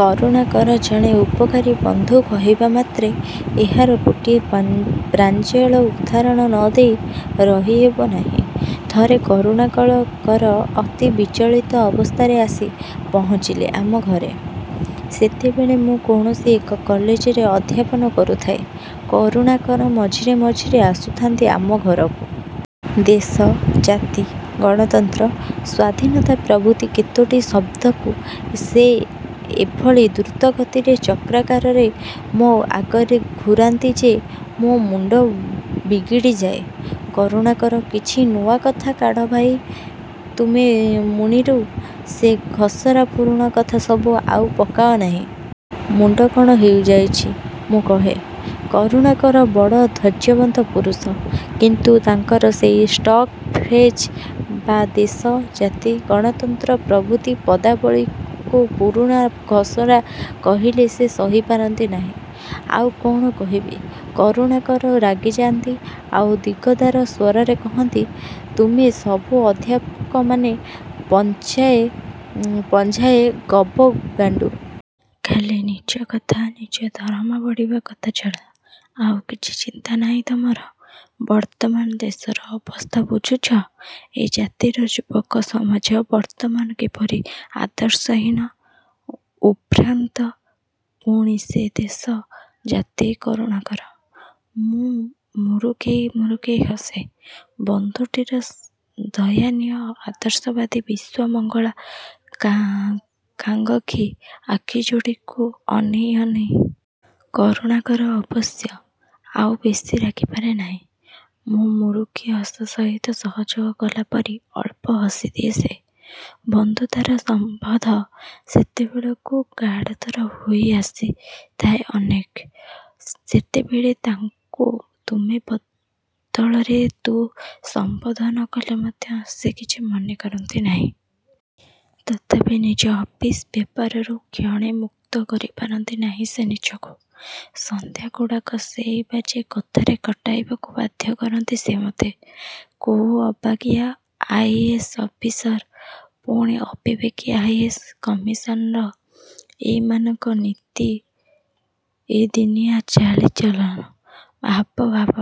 କରୁଣାକର ଜଣେ ଉପକାରୀ ବନ୍ଧୁ କହିବା ମାତ୍ରେ ଏହାର ଗୋଟିଏ ପାନ ପ୍ରାଞ୍ଜଳ ଉଦାହରଣ ନ ଦେଇ ରହିହେବ ନାହିଁ। ଥରେ କରୁଣାକଳକର ଅତି ବିଚଳିତ ଅବସ୍ଥାରେ ଆସି ପହଞ୍ଚିଲେ ଆମ ଘରେ। ସେତେବେଳେ ମୁଁ କୌଣସି ଏକ କଲେଜରେ ଅଧ୍ୟାପନା କରୁଥାଏ। କରୁଣାକର ମଝିରେ ମଝିରେ ଆସୁଥାନ୍ତି ଆମ ଘରକୁ। ଦେଶ, ଜାତି, ଗଣତନ୍ତ୍ର, ସ୍ୱାଧୀନତା ପ୍ରଭୃତି କେତୋଟି ଶବ୍ଦକୁ ସେ ଏଭଳି ଦ୍ରୁତଗତିରେ ଚକ୍ରାକାରରେ ମୋ ଆଗରେ ଘୂରାନ୍ତି ଯେ ମୋ ମୁଣ୍ଡ ବିଗିଡ଼ିଯାଏ। କରୁଣାକର, କିଛି ନୂଆ କଥା କାଢ଼ ଭାଇ ତୁମେ ମୁଣିରୁ ସେ ଘଷରା ପୁରୁଣା କଥା ସବୁ ଆଉ ପକାଅ ନାହିଁ। ମୁଣ୍ଡ କ'ଣ ହୋଇଯାଉଛି, ମୁଁ କହେ। କରୁଣାକର ବଡ଼ ଧୈର୍ଯ୍ୟବନ୍ତ ପୁରୁଷ। କିନ୍ତୁ ତାଙ୍କର ସେଇ ଷ୍ଟକ ଫ୍ରେଜ ବା ଦେଶ, ଜାତି, ଗଣତନ୍ତ୍ର ପ୍ରଭୃତି ପଦାବଳୀକୁ ପୁରୁଣା ଘଷରା କହିଲେ ସେ ସହିପାରନ୍ତି ନାହିଁ। ଆଉ କ'ଣ କହିବି? କରୁଣାକର ରାଗିଯାନ୍ତି ଆଉ ଦିଗଦାର ସ୍ୱରରେ କହନ୍ତି, ତୁମେ ସବୁ ଅଧ୍ୟାପକମାନେ ପାନଚ୍ଛାଏ ପଞ୍ଝାଏ ଗବଗାଣ୍ଡୁ। ଖାଲି ନିଜ କଥା, ନିଜ ଦରମା ବଢ଼ିବା କଥା ଛଡ଼ା ଆଉ କିଛି ଚିନ୍ତା ନାହିଁ ତମର। ବର୍ତ୍ତମାନ ଦେଶର ଅବସ୍ଥା ବୁଝୁଛ? ଏ ଜାତିର ଯୁବକ ସମାଜ ବର୍ତ୍ତମାନ କିପରି ଆଦର୍ଶହୀନ, ଉଦ୍ଭ୍ରାନ୍ତ। ପୁଣି ସେଇ ଦେଶ, ଜାତି, କରୁଣାକର! ମୁଁ ମୁରୁକେଇ ମୁରୁକେଇ ହସେ, ବନ୍ଧୁଟିର ଦୟନୀୟ ଆଦର୍ଶବାଦୀ ବିଶ୍ୱମଙ୍ଗଳାକାଖାଙ୍ଗକ୍ଷୀ ଆଖିଯୋଡ଼ିକୁ ଅନେଇ ଅନେଇ। କରୁଣାକର ଅବଶ୍ୟ ଆଉ ବେଶି ରାଗିପାରେ ନାହିଁ। ମୋ ମୁରୁକି ହସ ସହିତ ସହଯୋଗ କଲା ପରି ଅଳ୍ପ ହସିଦିଏ ସେ। ବନ୍ଧୁତାର ସମ୍ବନ୍ଧ ସେତେବେଳକୁ ଗାଢ଼ତର ହୋଇ ଆସିଥାଏ ଅନେକ। ସେତେବେଳେ ତାଙ୍କୁ ତୁମେ ବଦଳରେ ତୁ ସମ୍ବୋଧନ କଲେ ମଧ୍ୟ ସେ କିଛି ମନେ କରନ୍ତି ନାହିଁ। ତଥାପି ନିଜ ଅଫିସ ବ୍ୟାପାରରୁ କ୍ଷଣେ ମୁକ୍ତ କରିପାରନ୍ତି ନାହିଁ ସେ ନିଜକୁ। ସନ୍ଧ୍ୟାଗୁଡ଼ାକ ସେଇ ବାଜେ କଥାରେ କଟାଇବାକୁ ବାଧ୍ୟ କରନ୍ତି ସେ ମତେ। କୋଉ ଅବାଗିଆ ଆଇ ଏ ଏସ ଅଫିସର, ପୁଣି ଅବିବେକୀ ଆଇ ଏ ଏସ କମିଶନର, ଏଇମାନଙ୍କ ନିତିଦିନିଆ ଚାଲିଚଳଣ, ହାବଭାବ,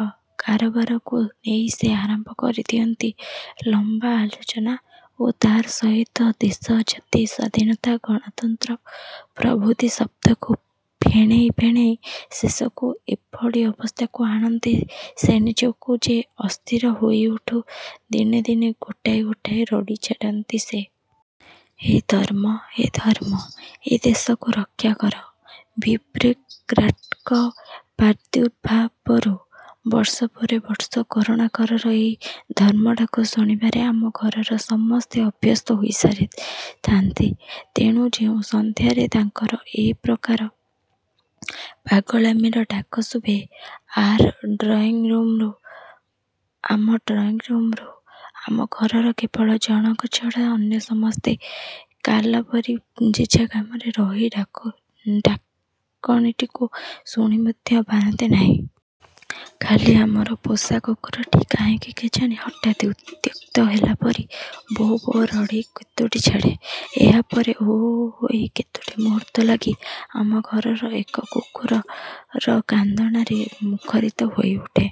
କାରବାରକୁ ନେଇ ସେ ଆରମ୍ଭ କରିଦିଅନ୍ତି ଲମ୍ବା ଆଲୋଚନା ଓ ତାରି ସହିତ ଦେଶ, ଜାତି, ସ୍ୱାଧୀନତା, ଗଣତନ୍ତ୍ର ପ୍ରଭୃତି ଶବ୍ଦକୁ ଫେଣେଇ ଫେଣେଇ ଶେଷକୁ ଏଭଳି ଅବସ୍ଥାକୁ ଆଣନ୍ତି ସେ ନିଜକୁ ଯେ ଅସ୍ଥିର ହୋଇଉଠି ଦିନେ ଦିନେ ଗୋଟାଏ ଗୋଟାଏ ରଡ଼ି ଛାଡ଼ନ୍ତି ସେ। ହେ ଧର୍ମ ହେ ଧର୍ମ ଏ ଦେଶକୁ ରକ୍ଷା କର ବ୍ୟୁରୋକ୍ରାଟଙ୍କ ପ୍ରାଦୁର୍ଭାବରୁ! ବର୍ଷ ପରେ ବର୍ଷ କରୁଣାକରର ଏଇ ଧର୍ମଡାକ ଶୁଣିବାରେ ଆମ ଘରେ ସମସ୍ତେ ଅଭ୍ୟସ୍ତ ହୋଇସାରିଥାନ୍ତି। ତେଣୁ ଯେଉଁ ସନ୍ଧ୍ୟାରେ ତାଙ୍କର ଏ ପ୍ରକାର ପାଗଳାମିର ଡାକ ଶୁଭେ ଆର ଡ୍ରଇଂରୁମରୁ, ଆମ ଘରର କେବଳ ଜଣକ ଛଡ଼ା ଅନ୍ୟ ସମସ୍ତେ କାଲା ପରି ଯେଝା କାମରେ ରହି ଡାକ ଡାକଣିଟିକୁ ଶୁଣି ମଧ୍ୟ ପାରନ୍ତି ନାହିଁ। ଖାଲି ଆମର ପୋଷା କୁକୁରଟି କାହିଁକି କେଜାଣି ହଠାତ୍ ଉତ୍ତ୍ୟକ୍ତ ହେଲା ପରି ଭୋ ଭୋ ରଡ଼ି କେତୋଟି ଛାଡ଼େ। ଏହାପରେ ଓ ଓ ହୋଇ କେତୋଟି ମୁହୂର୍ତ୍ତ ଲାଗି ଆମ ଘର ଏକ କୁକୁର କାନ୍ଦଣାରେ ମୁଖରିତ ହୋଇଉଠେ।